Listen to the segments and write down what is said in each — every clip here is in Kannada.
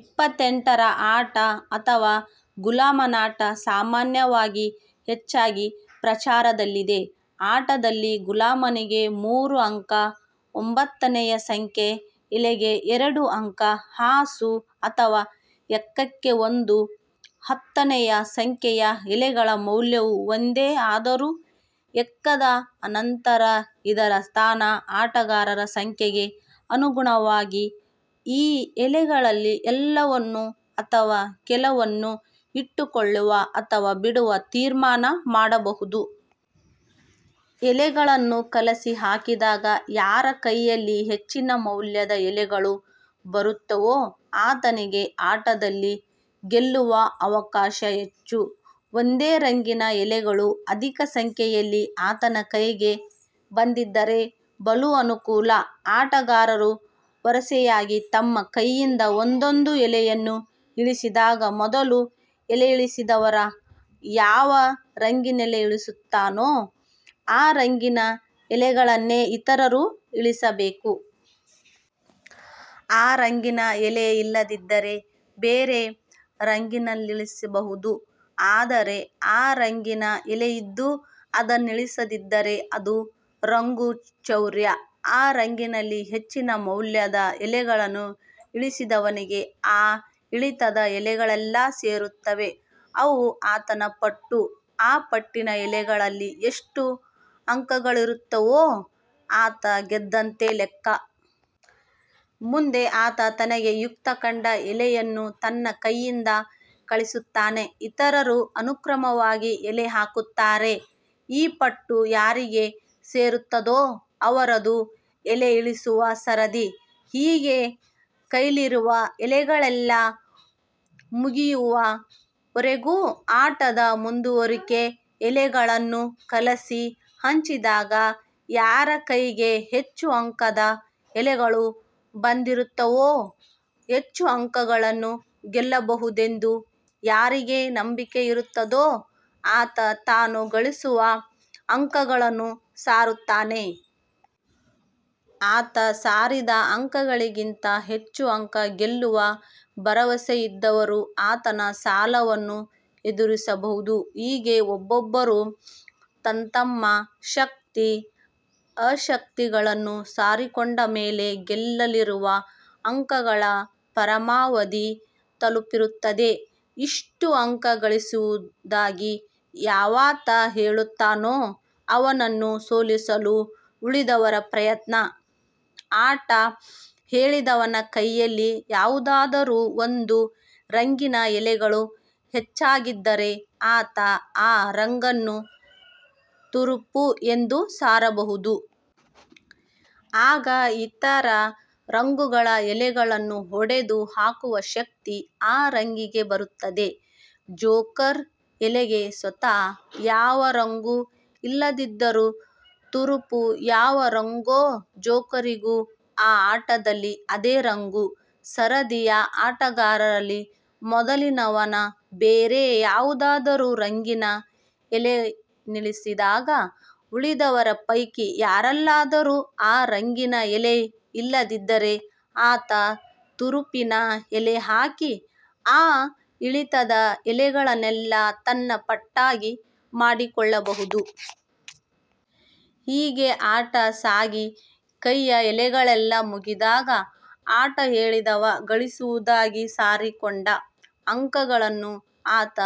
ಇಪ್ಪತ್ತೆಂಟರ ಆಟ ಅಥವಾ ಗುಲಾಮನಾಟ ಸಾಮಾನ್ಯವಾಗಿ ಹೆಚ್ಚಾಗಿ ಪ್ರಚಾರದಲ್ಲಿದೆ. ಆಟದಲ್ಲಿ ಗುಲಾಮನಿಗೆ ಮೂರು ಅಂಕ; ಒಂಬತ್ತನೆಯ ಸಂಖ್ಯೆಯ ಎಲೆಗೆ ಎರಡು ಅಂಕ; ಹಾಸು ಅಥವಾ ಎಕ್ಕಕ್ಕೆ ಒಂದು. ಹತ್ತನೆಯ ಸಂಖ್ಯೆಯ ಎಲೆಗಳ ಮೌಲ್ಯವೂ ಒಂದೇ ಆದರೂ ಎಕ್ಕದ ಅನಂತರ ಇದರ ಸ್ಥಾನ. ಆಟಗಾರರ ಸಂಖ್ಯೆಗೆ ಅನುಗುಣವಾಗಿ ಈ ಎಲೆಗಳಲ್ಲಿ ಎಲ್ಲವನ್ನು ಅಥವಾ ಕೆಲವನ್ನು ಇಟ್ಟುಕೊಳ್ಳುವ ಅಥವಾ ಬಿಡುವ ತೀರ್ಮಾನ ಮಾಡಬಹುದು. ಎಲೆಗಳನ್ನು ಕಲಸಿ ಹಾಕಿದಾಗ ಯಾರ ಕೈಯಲ್ಲಿ ಹೆಚ್ಚಿನ ಮೌಲ್ಯದ ಎಲೆಗಳು ಬರುತ್ತವೋ ಆತನಿಗೆ ಆಟದಲ್ಲಿ ಗೆಲ್ಲುವ ಅವಕಾಶ ಹೆಚ್ಚು. ಒಂದೇ ರಂಗಿನ ಎಲೆಗಳು ಅಧಿಕ ಸಂಖ್ಯೆಯಲ್ಲಿ ಆತನ ಕೈಗೆ ಬಂದಿದ್ದರೆ ಬಲು ಅನುಕೂಲ. ಆಟಗಾರರು ವರಸೆಯಾಗಿ ತಮ್ಮ ಕೈಯಿಂದ ಒಂದೊಂದು ಎಲೆಯನ್ನು ಇಳಿಸಿದಾಗ ಮೊದಲು ಎಲೆಯಿಳಿಸಿದವ ಯಾವ ರಂಗನ್ನಿಳಿಸುತ್ತಾನೋ ಆ ರಂಗಿನ ಎಲೆಗಳನ್ನೇ ಇತರರು ಇಳಿಸಬೇಕು. ಆ ರಂಗಿನ ಎಲೆ ಇಲ್ಲದಿದ್ದರೆ ಬೇರೆ ರಂಗಿನದನ್ನಿಳಿಸಬಹುದು. ಆದರೆ ಆ ರಂಗಿನ ಎಲೆ ಇದ್ದು ಅದನ್ನಿಳಿಸದಿದ್ದರೆ ಅದು ರಂಗು ಚೌರ್ಯ. ಆ ರಂಗಿನಲ್ಲಿ ಹೆಚ್ಚಿನ ಮೌಲ್ಯದ ಎಲೆಯನ್ನು ಇಳಿಸಿದವನಿಗೆ ಆ ಇಳಿತದ ಎಲೆಗಳೆಲ್ಲ ಸೇರುತ್ತವೆ. ಅವು ಆತನ ಪಟ್ಟು. ಆ ಪಟ್ಟಿನ ಎಲೆಗಳಲ್ಲಿ ಎಷ್ಟು ಅಂಕಗಳಿರುತ್ತವೋ ಆತ ಗೆದ್ದಂತೆ ಲೆಕ್ಕ. ಮುಂದೆ ಆತ ತನಗೆ ಯುಕ್ತ ಕಂಡ ಎಲೆಯನ್ನು ತನ್ನ ಕೈಯಿಂದ ಕಳಿಸುತ್ತಾನೆ. ಇತರರು ಅನುಕ್ರಮವಾಗಿ ಎಲೆ ಹಾಕುತ್ತಾರೆ. ಈ ಪಟ್ಟು ಯಾರಿಗೆ ಸೇರುತ್ತದೋ ಅವರದು ಎಲೆ ಇಳಿಸುವ ಸರದಿ. ಹೀಗೆ ಕೈಲಿರುವ ಎಲೆಗಳೆಲ್ಲ ಮುಗಿಯುವ ವರೆಗೂ ಆಟದ ಮುಂದುವರಿಕೆ. ಎಲೆಗಳನ್ನು ಕಲಸಿ ಹಂಚಿದಾಗ ಯಾರ ಕೈಗೆ ಹೆಚ್ಚು ಅಂಕದ ಎಲೆಗಳು ಬಂದಿರುತ್ತವೋ ಹೆಚ್ಚು ಅಂಕಗಳನ್ನು ಗೆಲ್ಲಬಹುದೆಂದು ಯಾರಿಗೆ ನಂಬಿಕೆಯಿರುತ್ತದೋ ಆತ ತಾನು ಗಳಿಸುವ ಅಂಕಗಳನ್ನು ಸಾರುತ್ತಾನೆ. ಆತ ಸಾರಿದ ಅಂಕಗಳಿಗಿಂತ ಹೆಚ್ಚು ಅಂಕ ಗೆಲ್ಲುವ ಭರವಸೆಯಿದ್ದವರು ಈತನ ಸವಾಲನ್ನು ಎದುರಿಸಬಹುದು. ಹೀಗೆ ಒಬ್ಬೊಬ್ಬರು ತಂತಮ್ಮ ಶಕ್ತಿ. ಅಶಕ್ತಿಗಳನ್ನು ಸಾರಿಕೊಂಡಮೇಲೆ, ಗೆಲ್ಲಲಿರುವ ಅಂಕಗಳ ಪರಮಾವಧಿ ತಲುಪಿರುತ್ತದೆ. ಇಷ್ಟು ಅಂಕ ಗಳಿಸುವುದಾಗಿ ಯಾವಾತ ಹೇಳುತ್ತಾನೋ ಅವನನ್ನು ಸೋಲಿಸಲು ಉಳಿದವರ ಪ್ರಯತ್ನ, ಆಟ ಹೇಳಿದವನ ಕೈಯಲ್ಲಿ ಯಾವುದಾದರೂ ಒಂದು ರಂಗಿನ ಎಲೆಗಳು ಹೆಚ್ಚಾಗಿದ್ದರೆ ಆತ ಆ ರಂಗನ್ನು ತುರುಪು ಎಂದು ಸಾರಬಹುದು. ಆಗ ಇತರ ರಂಗುಗಳ ಎಲೆಗಳನ್ನು ಹೊಡೆದು ಹಾಕುವ ಶಕ್ತಿ ಆ ರಂಗಿಗೆ ಬರುತ್ತದೆ. ಜೋಕರ್ ಎಲೆಗೆ ಸ್ವತಃ ಯಾವ ರಂಗೂ ಇಲ್ಲದಿದ್ದರೂ ತುರುಪು ಯಾವ ರಂಗೋ ಜೋಕರಿಗೂ ಆ ಆಟದಲ್ಲಿ ಅದೇ ರಂಗು. ಸರದಿಯ ಆಟಗಾರರಲ್ಲಿ ಮೊದಲಿನವನ ಬೇರೆ ಯಾವುದಾದರೂ ರಂಗಿನ ಎಲೆಯನ್ನಿಳಿಸಿದಾಗ, ಉಳಿದವರ ಪೈಕಿ ಯಾರಲ್ಲಾದರೂ ಆ ರಂಗಿನ ಎಲೆ ಇಲ್ಲದಿದ್ದರೆ ಆತ ತುರುಪಿನ ಎಲೆ ಹಾಕಿ ಆ ಇಳಿತದ ಎಲೆಗಳನ್ನೆಲ್ಲ ತನ್ನ ಪಟ್ಟಾಗಿ ಮಾಡಿಕೊಳ್ಳಬಹುದು. ಹೀಗೆ ಆಟ ಸಾಗಿ ಕೈಯ ಎಲೆಗಳೆಲ್ಲ ಮುಗಿದಾಗ ಆಟ ಹೇಳಿದವ ಗಳಿಸುವುದಾಗಿ ಸಾರಿಕೊಂಡ ಅಂಕಗಳನ್ನು ಆತ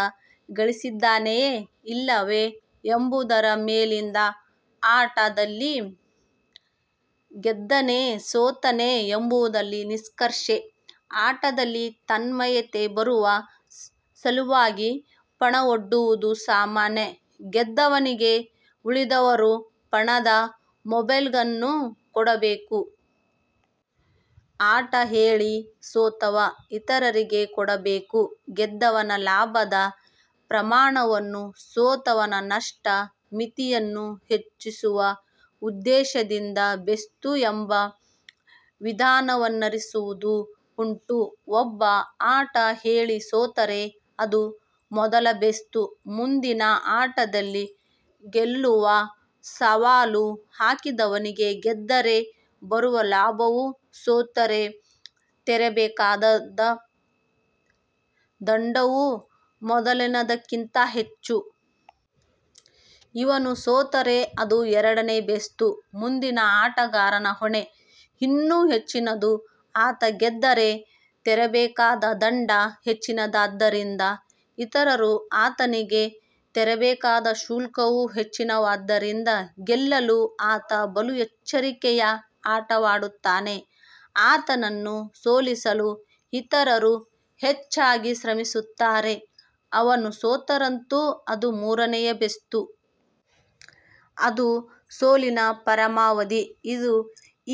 ಗಳಿಸಿದ್ದಾನೆಯೆ ಇಲ್ಲವೆ ಎಂಬುದರ ಮೇಲಿಂದ ಆತ ಆಟದಲ್ಲಿ ಗೆದ್ದನೆ, ಸೋತನೆ ಎಂಬುದರಲ್ಲಿ ನಿಷ್ಕರ್ಷೆ. ಆಟದಲ್ಲಿ ತನ್ಮಯತೆ ಬರುವ ಸಲುವಾಗಿ ಪಣ ಒಡ್ಡುವುದೂ ಸಾಮಾನ್ಯ. ಗೆದ್ದವನಿಗೆ ಉಳಿದವರು ಪಣದ ಮೊಬಲಗನ್ನು ಕೊಡಬೇಕು. ಆಟ ಹೇಳಿ ಸೋತವ ಇತರರಿಗೆ ಕೊಡಬೇಕು. ಗೆದ್ದವನ ಲಾಭದ ಪ್ರಮಾಣವನ್ನೂ ಸೋತವನ ನಷ್ಟ ಮಿತಿಯನ್ನೂ ಹೆಚ್ಚಿಸುವ ಉದ್ದೇಶದಿಂದ ಬೇಸ್ತು ಎಂಬ ವಿಧಾನವನ್ನನುಸರಿಸುವುದೂ ಉಂಟು. ಒಬ್ಬ ಆಟ ಹೇಳಿ ಸೋತರೆ ಅದು ಮೊದಲ ಬೇಸ್ತು. ಮುಂದಿನ ಆಟದಲ್ಲಿ ಗೆಲ್ಲುವ ಸವಾಲು ಹಾಕಿದವನಿಗೆ ಗೆದ್ದರೆ ಬರುವ ಲಾಭವೂ ಸೋತರೆ ತೆರಬೇಕಾದ ದಂಡವೂ ಮೊದಲಿನದಕ್ಕಿಂತ ಹೆಚ್ಚು. ಇವನೂ ಸೋತರೆ ಅದು ಎರಡನೆಯ ಬೇಸ್ತು. ಮುಂದಿನ ಆಟಗಾರನ ಹೊಣೆ ಇನ್ನೂ ಹೆಚ್ಚಿನದು. ಆತ ಗೆದ್ದರೆ ತೆರಬೇಕಾದ ದಂಡ ಹೆಚ್ಚಿನದಾದ್ದರಿಂದ, ಇತರರು ಆತನಿಗೆ ತೆರಬೇಕಾದ ಶುಲ್ಕವೂ ಹೆಚ್ಚಿನವಾದ್ದರಿಂದ ಗೆಲ್ಲಲು ಆತ ಬಲು ಎಚ್ಚರಿಕೆಯ ಆಟವಾಡುತ್ತಾನೆ. ಆತನನ್ನು ಸೋಲಿಸಲು ಇತರರು ಹೆಚ್ಚಾಗಿ ಶ್ರಮಿಸುತ್ತಾರೆ. ಅವನು ಸೋತರಂತೂ ಅದು ಮೂರನೆಯ ಬೇಸ್ತು. ಅದು ಸೋಲಿನ ಪರಮಾವಧಿ. ಇದು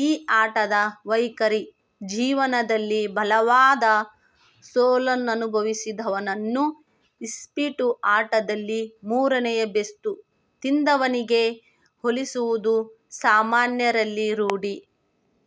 ಈ ಆಟದ ವೈಖರಿ. ಜೀವನದಲ್ಲಿ ಬಲವಾದ ಸೋಲನ್ನನುಭಸಿದವನನ್ನು ಇಸ್ಪೀಟು ಆಟದಲ್ಲಿ ಮೂರನೆಯ ಬೇಸ್ತು ತಿಂದವನಿಗೆ ಹೋಲಿಸುವುದು ಜನಸಾಮಾನ್ಯರಲ್ಲಿ ರೂಢಿ.